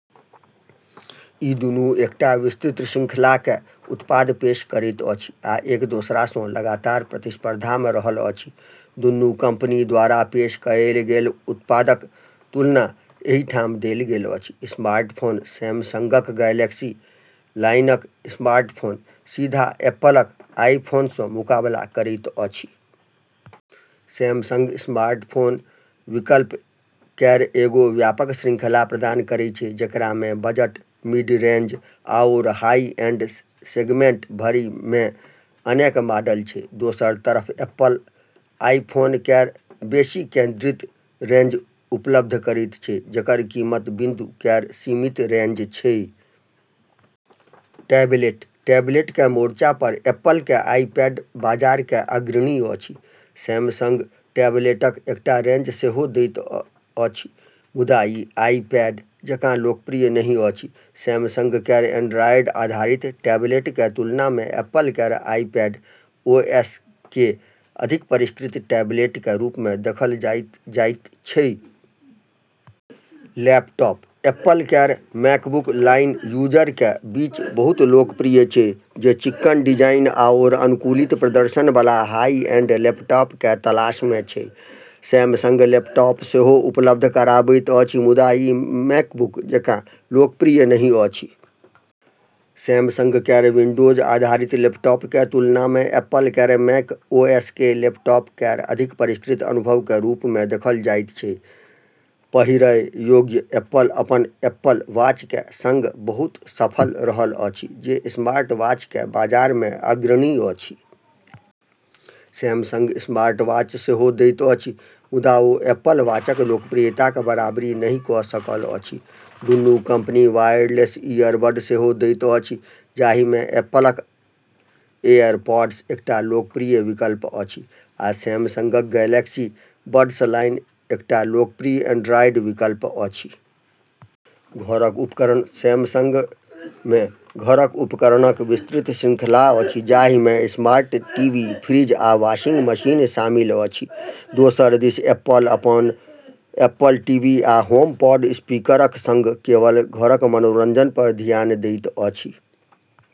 ई दुनू एकटा विस्तृत श्रृंखलाके उत्पाद पेश करैत अछि आ एक दोसरासँ लगातार प्रतिस्पर्धामे रहल अछि। दुन्नू कंपनी द्वारा पेश कएल गेल उत्पादक तुलना एहि ठाम देल गेल अछि: स्मार्टफोन: सैमसंगक गैलेक्सी लाइनक स्मार्टफोन सीधा एप्पलक आईफोनसँ मुकाबला करैत अछि। सैमसंग स्मार्टफोन विकल्प केर एगो व्यापक श्रृंखला प्रदान करै छै, जेकरामे बजट, मिड रेंज, आओर हाई-एंड सेगमेंट भरिमे अनेक मॉडल छै। दोसर तरफ एप्पल आईफोन केर बेशी केंद्रित रेंज उपलब्ध करैत छै जेकर कीमत बिंदु केर सीमित रेंज छै। टैबलेट: टैबलेटके मोर्चा पर एप्पलके आईपैड बाजारके अग्रणी अछि। सैमसंग टैबलेटक एकटा रेंज सेहो दैत अछि, मुदा ई आईपैड जेकाँ लोकप्रिय नहि अछि। सैमसंग केर एंड्रॉयड आधारित टैबलेटके तुलनामे एप्पल केर आईपैड- ओएसके अधिक परिष्कृत टैबलेटके रूपमे देखल जाइत जाइत छै। लैपटॉप: एप्पल केर मैकबुक लाइन यूजरके बीच बहुत लोकप्रिय छै जे चिक्कन डिजाइन आओर अनुकूलित प्रदर्शनबला हाई-एंड लैपटॉपके तलाशमे छै। सैमसंग लैपटॉप सेहो उपलब्ध कराबैत अछि, मुदा ई मैकबुक जेकाँ लोकप्रिय नहि अछि। सैमसंग केर विंडोज आधारित लैपटॉपके तुलनामे एप्पल केर मैक- ओएसके लैपटॉप केर अधिक परिष्कृत अनुभवके रूपमे देखल जाइत छै। पहिरय योग्य: एप्पल अपन एप्पल वॉचके सङ्ग बहुत सफल रहल अछि जे स्मार्टवॉचके बाजारमे अग्रणी अछि। सैमसंग स्मार्टवॉच सेहो दैत अछि, मुदा ओ एप्पल वॉचक लोकप्रियताक बराबरी नहि क' सकल अछि। दुन्नू कंपनी वायरलेस इयरबड सेहो दैत अछि, जाहिमे एप्पल क' एयरपॉड्स एकटा लोकप्रिय विकल्प अछि, आ सैमसंगक गैलेक्सी बड्स लाइन एकटा लोकप्रिय एंड्रॉयड विकल्प अछि। घरक उपकरण: सैमसंगमे घरक उपकरणक विस्तृत श्रृंखला अछि, जाहिमे स्मार्ट टीवी, फ्रिज, आ वाशिंग मशीन शामिल अछि। दोसर दिस एप्पल अपन एप्पल टीवी आ होमपॉड स्पीकरक सङ्ग केवल घरक मनोरंजन पर धियान दैत अछि।